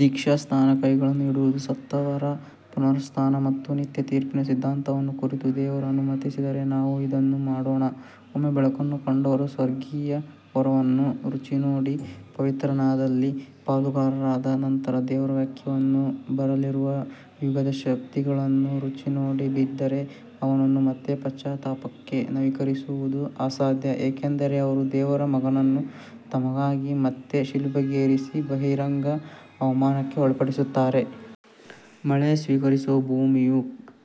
ದೀಕ್ಷಾಸ್ನಾನ ಕೈಗಳನ್ನು ಇಡುವುದು ಸತ್ತವರ ಪುನರುತ್ಥಾನ ಮತ್ತು ನಿತ್ಯ ತೀರ್ಪಿನ ಸಿದ್ಧಾಂತವನ್ನು ಕುರಿತು ದೇವರು ಅನುಮತಿಸಿದರೆ ನಾವು ಇದನ್ನು ಮಾಡೋಣ. ಒಮ್ಮೆ ಬೆಳಕನ್ನು ಪಡೆದವರು ಸ್ವರ್ಗೀಯ ವರವನ್ನು ರುಚಿನೋಡಿ ಪವಿತ್ರಾತ್ಮದಲ್ಲಿ ಪಾಲುಗಾರರಾದ ನಂತರ ದೇವರ ವಾಕ್ಯವನ್ನೂ ಬರಲಿರುವ ಯುಗದ ಶಕ್ತಿಗಳನ್ನೂ ರುಚಿನೋಡಿ ಬಿದ್ದರೆ ಅವರನ್ನು ಮತ್ತೆ ಪಶ್ಚಾತ್ತಾಪಕ್ಕೆ ನವೀಕರಿಸುವುದು ಅಸಾಧ್ಯ, ಏಕೆಂದರೆ ಅವರು ದೇವರ ಮಗನನ್ನು ತಮಗಾಗಿ ಮತ್ತೆ ಶಿಲುಬೆಗೇರಿಸಿ ಬಹಿರಂಗ ಅವಮಾನಕ್ಕೆ ಒಳಪಡಿಸುತ್ತಾರೆ. ಮಳೆ ಸ್ವೀಕರಿಸುವ ಭೂಮಿಯು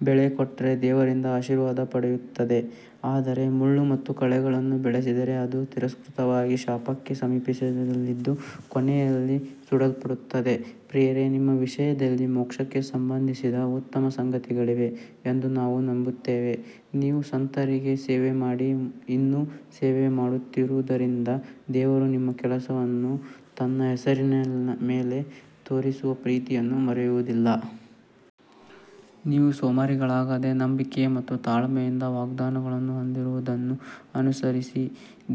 ಬೆಳೆ ಕೊಟ್ಟರೆ ದೇವರಿಂದ ಆಶೀರ್ವಾದ ಪಡೆಯುತ್ತದೆ, ಆದರೆ ಮುಳ್ಳು ಮತ್ತು ಕಳೆಗಳನ್ನು ಬೆಳೆಸಿದರೆ ಅದು ತಿರಸ್ಕೃತವಾಗಿ ಶಾಪಕ್ಕೆ ಸಮೀಪದಲ್ಲಿದ್ದು ಕೊನೆಯಲ್ಲಿ ಸುಡಲ್ಪಡುತ್ತದೆ. ಪ್ರಿಯರೇ, ನಿಮ್ಮ ವಿಷಯದಲ್ಲಿ ಮೋಕ್ಷಕ್ಕೆ ಸಂಬಂಧಿಸಿದ ಉತ್ತಮ ಸಂಗತಿಗಳಿವೆ ಎಂದು ನಾವು ನಂಬುತ್ತೇವೆ. ನೀವು ಸಂತರಿಗೆ ಸೇವೆಮಾಡಿ ಇನ್ನೂ ಸೇವೆಮಾಡುತ್ತಿರುವುದರಿಂದ ದೇವರು ನಿಮ್ಮ ಕೆಲಸವನ್ನೂ ತನ್ನ ಹೆಸರಿನ ಮೇಲೆ ತೋರಿಸಿದ ಪ್ರೀತಿಯನ್ನೂ ಮರೆಯುವುದಿಲ್ಲ. ನೀವು ಸೋಮಾರಿಗಳಾಗದೆ ನಂಬಿಕೆ ಮತ್ತು ತಾಳ್ಮೆಯಿಂದ ವಾಗ್ದಾನಗಳನ್ನು ಹೊಂದಿದವರನ್ನು ಅನುಸರಿಸಿರಿ.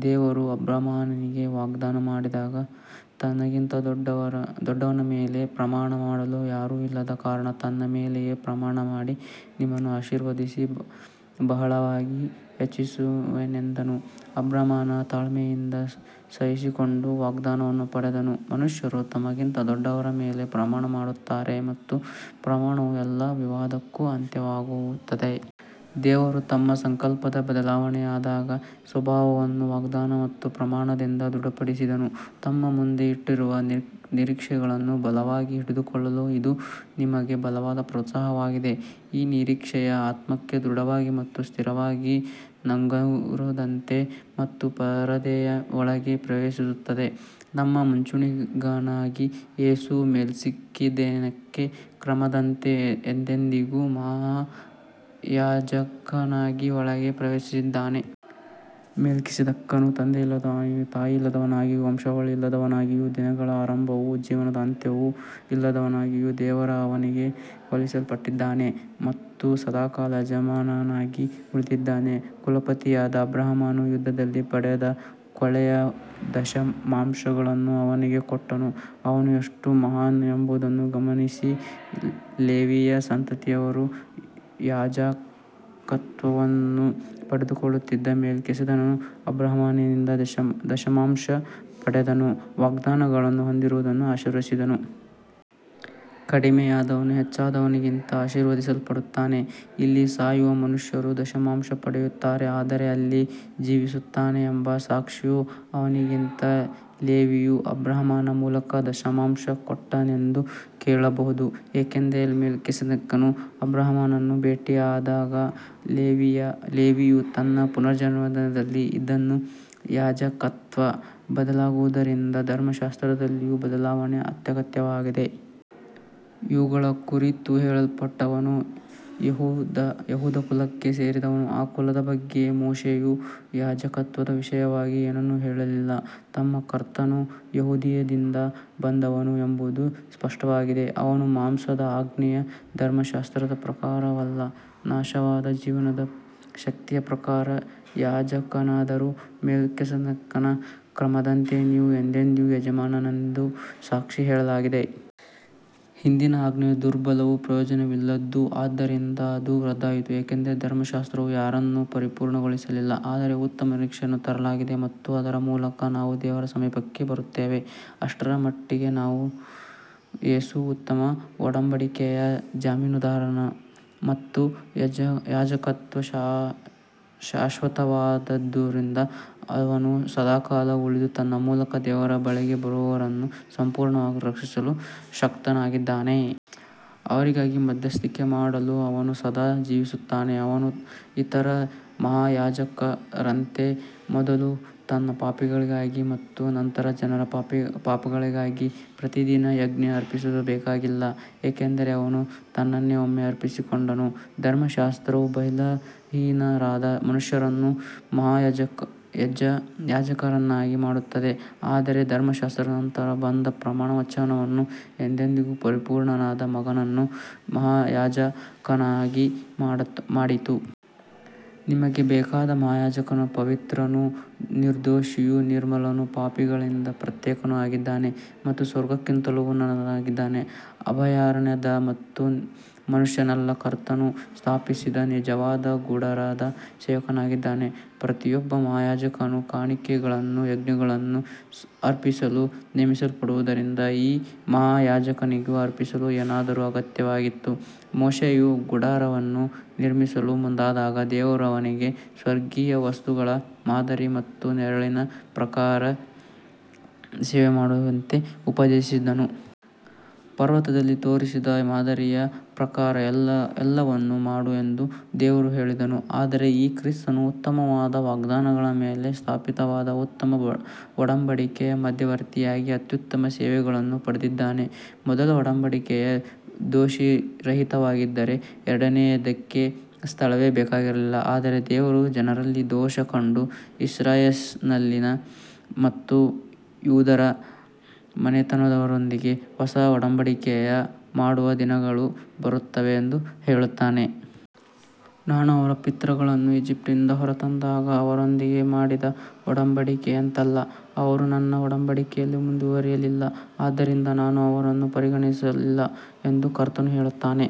ದೇವರು ಅಬ್ರಹಾಮನಿಗೆ ವಾಗ್ದಾನ ಮಾಡಿದಾಗ ತನ್ನಿಗಿಂತ ದೊಡ್ಡವನ ಮೇಲೆ ಪ್ರಮಾಣ ಮಾಡಲು ಯಾರೂ ಇಲ್ಲದ ಕಾರಣ ತನ್ನ ಮೇಲೆಯೇ ಪ್ರಮಾಣಮಾಡಿ ನಿನ್ನನ್ನು ಆಶೀರ್ವದಿಸಿ ಬಹಳವಾಗಿ ಹೆಚ್ಚಿಸುವೆನೆಂದನು. ಅಬ್ರಹಾಮನು ತಾಳ್ಮೆಯಿಂದ ಸಹಿಸಿಕೊಂಡು ವಾಗ್ದಾನವನ್ನು ಪಡೆದನು. ಮನುಷ್ಯರು ತಮಗಿಂತ ದೊಡ್ಡವರ ಮೇಲೆ ಪ್ರಮಾಣಮಾಡುತ್ತಾರೆ ಮತ್ತು ಪ್ರಮಾಣವು ಎಲ್ಲ ವಿವಾದಕ್ಕೂ ಅಂತ್ಯವಾಗುತ್ತದೆ. ದೇವರು ತನ್ನ ಸಂಕಲ್ಪದ ಬದಲಾವಣೆಯಾಗದ ಸ್ವಭಾವವನ್ನು ವಾಗ್ದಾನ ಮತ್ತು ಪ್ರಮಾಣದಿಂದ ದೃಢಪಡಿಸಿದನು. ನಮ್ಮ ಮುಂದೆ ಇಟ್ಟಿರುವ ನಿರೀಕ್ಷೆಯನ್ನು ಬಲವಾಗಿ ಹಿಡಿದುಕೊಳ್ಳಲು ಇದು ನಮಗೆ ಬಲವಾದ ಪ್ರೋತ್ಸಾಹವಾಗಿದೆ. ಈ ನಿರೀಕ್ಷೆಯು ಆತ್ಮಕ್ಕೆ ದೃಢವಾದ ಮತ್ತು ಸ್ಥಿರವಾದ ನಂಗೂರದಂತಿದೆ ಮತ್ತು ಪರದೆಯ ಒಳಗೆ ಪ್ರವೇಶಿಸುತ್ತದೆ. ನಮ್ಮ ಮುಂಚೂಣಿಗನಾಗಿ ಯೇಸು ಮೆಲ್ಕಿಸೆದೇಕನ ಕ್ರಮದಂತೆ ಎಂದೆಂದಿಗೂ ಮಹಾಯಾಜಕನಾಗಿ ಒಳಗೆ ಪ್ರವೇಶಿಸಿದ್ದಾನೆ. ಮೆಲ್ಕಿಸೆದೇಕನು ತಂದೆಯಿಲ್ಲದವನಾಗಿಯೂ ತಾಯಿಯಿಲ್ಲದವನಾಗಿಯೂ ವಂಶಾವಳಿಯಿಲ್ಲದವನಾಗಿಯೂ ದಿನಗಳ ಆರಂಭವೂ ಜೀವನದ ಅಂತ್ಯವೂ ಇಲ್ಲದವನಾಗಿಯೂ ದೇವರ ಮಗನಿಗೆ ಹೋಲಿಸಲ್ಪಟ್ಟವನಾಗಿದ್ದಾನೆ ಮತ್ತು ಸದಾಕಾಲ ಯಾಜಕನಾಗಿ ಉಳಿದಿದ್ದಾನೆ. ಕುಲಪತಿಯಾದ ಅಬ್ರಹಾಮನು ಯುದ್ಧದಲ್ಲಿ ಪಡೆದ ಕೊಳ್ಳೆಯ ದಶಮಾಂಶವನ್ನು ಅವನಿಗೆ ಕೊಟ್ಟನು. ಅವನು ಎಷ್ಟು ಮಹಾನ್ ಎಂಬುದನ್ನು ಗಮನಿಸಿರಿ. ಲೇವಿಯ ಸಂತತಿಯವರು ಯಾಜಕತ್ವವನ್ನು ಪಡೆಯುತ್ತಿದ್ದರೂ ಮೆಲ್ಕಿಸೆದೇಕನು ಅಬ್ರಹಾಮನಿಂದ ದಶಮಾಂಶ ಪಡೆದು ವಾಗ್ದಾನಗಳನ್ನು ಹೊಂದಿದವನನ್ನು ಆಶೀರ್ವದಿಸಿದನು. ಕಡಿಮೆಯಾದವನು ಹೆಚ್ಚಾದವನಿಂದ ಆಶೀರ್ವದಿಸಲ್ಪಡುತ್ತಾನೆ. ಇಲ್ಲಿ ಸಾಯುವ ಮನುಷ್ಯರು ದಶಮಾಂಶ ಪಡೆಯುತ್ತಾರೆ, ಆದರೆ ಅಲ್ಲಿ ಜೀವಿಸುತ್ತಾನೆ ಎಂಬ ಸಾಕ್ಷಿಯು ಅವನಿಗಿದೆ. ಲೇವಿಯೂ ಅಬ್ರಹಾಮನ ಮೂಲಕ ದಶಮಾಂಶ ಕೊಟ್ಟನೆಂದು ಹೇಳಬಹುದು, ಏಕೆಂದರೆ ಮೆಲ್ಕಿಸೆದೇಕನು ಅಬ್ರಹಾಮನನ್ನು ಭೇಟಿಯಾದಾಗ ಲೇವಿಯು ತನ್ನ ಪೂರ್ವಜನಲ್ಲಿ ಇದ್ದನು. ಯಾಜಕತ್ವ ಬದಲಾಗುವುದರಿಂದ ಧರ್ಮಶಾಸ್ತ್ರದಲ್ಲಿಯೂ ಬದಲಾವಣೆ ಅಗತ್ಯವಾಗುತ್ತದೆ. ಇವುಗಳ ಕುರಿತು ಹೇಳಲ್ಪಟ್ಟವನು ಯೆಹೂದ ಕುಲಕ್ಕೆ ಸೇರಿದವನು, ಆ ಕುಲದ ಬಗ್ಗೆ ಮೋಶೆಯು ಯಾಜಕತ್ವದ ವಿಷಯವಾಗಿ ಏನನ್ನೂ ಹೇಳಲಿಲ್ಲ. ನಮ್ಮ ಕರ್ತನು ಯೆಹೂದದಿಂದ ಬಂದವನು ಎಂಬುದು ಸ್ಪಷ್ಟವಾಗಿದೆ. ಅವನು ಮಾಂಸದ ಆಜ್ಞೆಯ ಧರ್ಮಶಾಸ್ತ್ರದ ಪ್ರಕಾರವಲ್ಲ, ನಾಶವಾಗದ ಜೀವನದ ಶಕ್ತಿಯ ಪ್ರಕಾರ ಯಾಜಕನಾದನು. ಮೆಲ್ಕಿಸೆದೇಕನ ಕ್ರಮದಂತೆ ನೀನು ಎಂದೆಂದಿಗೂ ಯಾಜಕನೆಂದು ಸಾಕ್ಷಿ ಹೇಳಲಾಗಿದೆ. ಹಿಂದಿನ ಆಜ್ಞೆಯು ದುರ್ಬಲವೂ ಪ್ರಯೋಜನವಿಲ್ಲದ್ದೂ ಆಗಿದ್ದರಿಂದ ಅದು ರದ್ದಾಯಿತು, ಏಕೆಂದರೆ ಧರ್ಮಶಾಸ್ತ್ರವು ಯಾವುದನ್ನೂ ಪರಿಪೂರ್ಣಗೊಳಿಸಲಿಲ್ಲ. ಆದರೆ ಉತ್ತಮ ನಿರೀಕ್ಷೆಯನ್ನು ತರಲಾಗಿದೆ ಮತ್ತು ಅದರ ಮೂಲಕ ನಾವು ದೇವರ ಸಮೀಪಕ್ಕೆ ಬರುತ್ತೇವೆ. ಅಷ್ಟರಮಟ್ಟಿಗೆ ಯೇಸು ಉತ್ತಮ ಒಡಂಬಡಿಕೆಯ ಜಾಮೀನುದಾರನಾದನು. ಅವನ ಯಾಜಕತ್ವ ಶಾಶ್ವತವಾದುದರಿಂದ ಅವನು ಸದಾಕಾಲ ಉಳಿದು ತನ್ನ ಮೂಲಕ ದೇವರ ಬಳಿಗೆ ಬರುವವರನ್ನು ಸಂಪೂರ್ಣವಾಗಿ ರಕ್ಷಿಸಲು ಶಕ್ತನಾಗಿದ್ದಾನೆ. ಅವರಿಗಾಗಿ ಮಧ್ಯಸ್ಥಿಕೆ ಮಾಡಲು ಅವನು ಸದಾ ಜೀವಿಸುತ್ತಾನೆ. ಅವನು ಇತರ ಮಹಾಯಾಜಕರಂತೆ ಮೊದಲು ತನ್ನ ಪಾಪಗಳಿಗಾಗಿ ಮತ್ತು ನಂತರ ಜನರ ಪಾಪಗಳಿಗಾಗಿ ಪ್ರತಿದಿನ ಯಜ್ಞ ಅರ್ಪಿಸಬೇಕಾಗಿಲ್ಲ, ಏಕೆಂದರೆ ಅವನು ತನ್ನನ್ನೇ ಒಮ್ಮೆ ಅರ್ಪಿಸಿಕೊಂಡನು. ಧರ್ಮಶಾಸ್ತ್ರವು ಬಲಹೀನರಾದ ಮನುಷ್ಯರನ್ನು ಮಹಾಯಾಜಕರನ್ನಾಗಿ ಮಾಡುತ್ತದೆ, ಆದರೆ ಧರ್ಮಶಾಸ್ತ್ರದ ನಂತರ ಬಂದ ಪ್ರಮಾಣವಚನವು ಎಂದೆಂದಿಗೂ ಪರಿಪೂರ್ಣನಾದ ಮಗನನ್ನು ಮಹಾಯಾಜಕನನ್ನಾಗಿ ಮಾಡಿತು. ನಮಗೆ ಬೇಕಾದ ಮಹಾಯಾಜಕನು ಪವಿತ್ರನೂ ನಿರ್ದೋಷಿಯೂ ನಿರ್ಮಲನೂ ಪಾಪಿಗಳಿಂದ ಪ್ರತ್ಯೇಕನೂ ಆಗಿದ್ದಾನೆ. ಅವನು ಸ್ವರ್ಗಕ್ಕಿಂತಲೂ ಉನ್ನತನಾಗಿದ್ದಾನೆ. ಅಭಯಾರಣ್ಯದ ಮತ್ತು ಮನುಷ್ಯನಲ್ಲ, ಕರ್ತನು ಸ್ಥಾಪಿಸಿದ ನಿಜವಾದ ಗುಡಾರದ ಸೇವಕನಾಗಿದ್ದಾನೆ. ಪ್ರತಿಯೊಬ್ಬ ಮಹಾಯಾಜಕನು ಕಾಣಿಕೆಗಳನ್ನೂ ಯಜ್ಞಗಳನ್ನೂ ಅರ್ಪಿಸಲು ನೇಮಿಸಲ್ಪಟ್ಟಿರುವುದರಿಂದ ಈ ಮಹಾಯಾಜಕನಿಗೂ ಅರ್ಪಿಸಲು ಏನಾದರೂ ಅಗತ್ಯವಾಗಿತ್ತು. ಮೋಶೆಯು ಗುಡಾರವನ್ನು ನಿರ್ಮಿಸಲು ಮುಂದಾದಾಗ ದೇವರು ಅವನಿಗೆ ಸ್ವರ್ಗೀಯ ವಸ್ತುಗಳ ಮಾದರಿ ಮತ್ತು ನೆರಳಿನ ಪ್ರಕಾರ ಸೇವೆಮಾಡುವಂತೆ ಉಪದೇಶಿಸಿದನು. ಪರ್ವತದಲ್ಲಿ ತೋರಿಸಿದ ಮಾದರಿಯ ಪ್ರಕಾರ ಎಲ್ಲವನ್ನೂ ಮಾಡು ಎಂದು ದೇವರು ಹೇಳಿದನು. ಆದರೆ ಈಗ ಕ್ರಿಸ್ತನು ಉತ್ತಮವಾದ ವಾಗ್ದಾನಗಳ ಮೇಲೆ ಸ್ಥಾಪಿತವಾದ ಉತ್ತಮ ಒಡಂಬಡಿಕೆಯ ಮಧ್ಯವರ್ತಿಯಾಗಿ ಅತ್ಯುತ್ತಮ ಸೇವೆಯನ್ನು ಪಡೆದಿದ್ದಾನೆ. ಮೊದಲ ಒಡಂಬಡಿಕೆಯು ದೋಷರಹಿತವಾಗಿದ್ದರೆ ಎರಡನೆಯದಕ್ಕೆ ಸ್ಥಳವೇ ಬೇಕಾಗಿರಲಿಲ್ಲ. ಆದರೆ ದೇವರು ಜನರಲ್ಲಿ ದೋಷ ಕಂಡು, ಇಸ್ರಾಯೇಲಿನ ಮತ್ತು ಯೂದದ ಮನೆತನದವರೊಂದಿಗೆ ಹೊಸ ಒಡಂಬಡಿಕೆಯನ್ನು ಮಾಡುವ ದಿನಗಳು ಬರುತ್ತವೆ ಎಂದು ಹೇಳುತ್ತಾನೆ. ನಾನು ಅವರ ಪಿತೃಗಳನ್ನು ಈಜಿಪ್ಟಿನಿಂದ ಹೊರತಂದಾಗ ಅವರೊಂದಿಗೆ ಮಾಡಿದ ಒಡಂಬಡಿಕೆಯಂತಲ್ಲ. ಅವರು ನನ್ನ ಒಡಂಬಡಿಕೆಯಲ್ಲಿ ಮುಂದುವರಿಯಲಿಲ್ಲ, ಆದ್ದರಿಂದ ನಾನು ಅವರನ್ನು ಪರಿಗಣಿಸಲಿಲ್ಲ ಎಂದು ಕರ್ತನು ಹೇಳುತ್ತಾನೆ.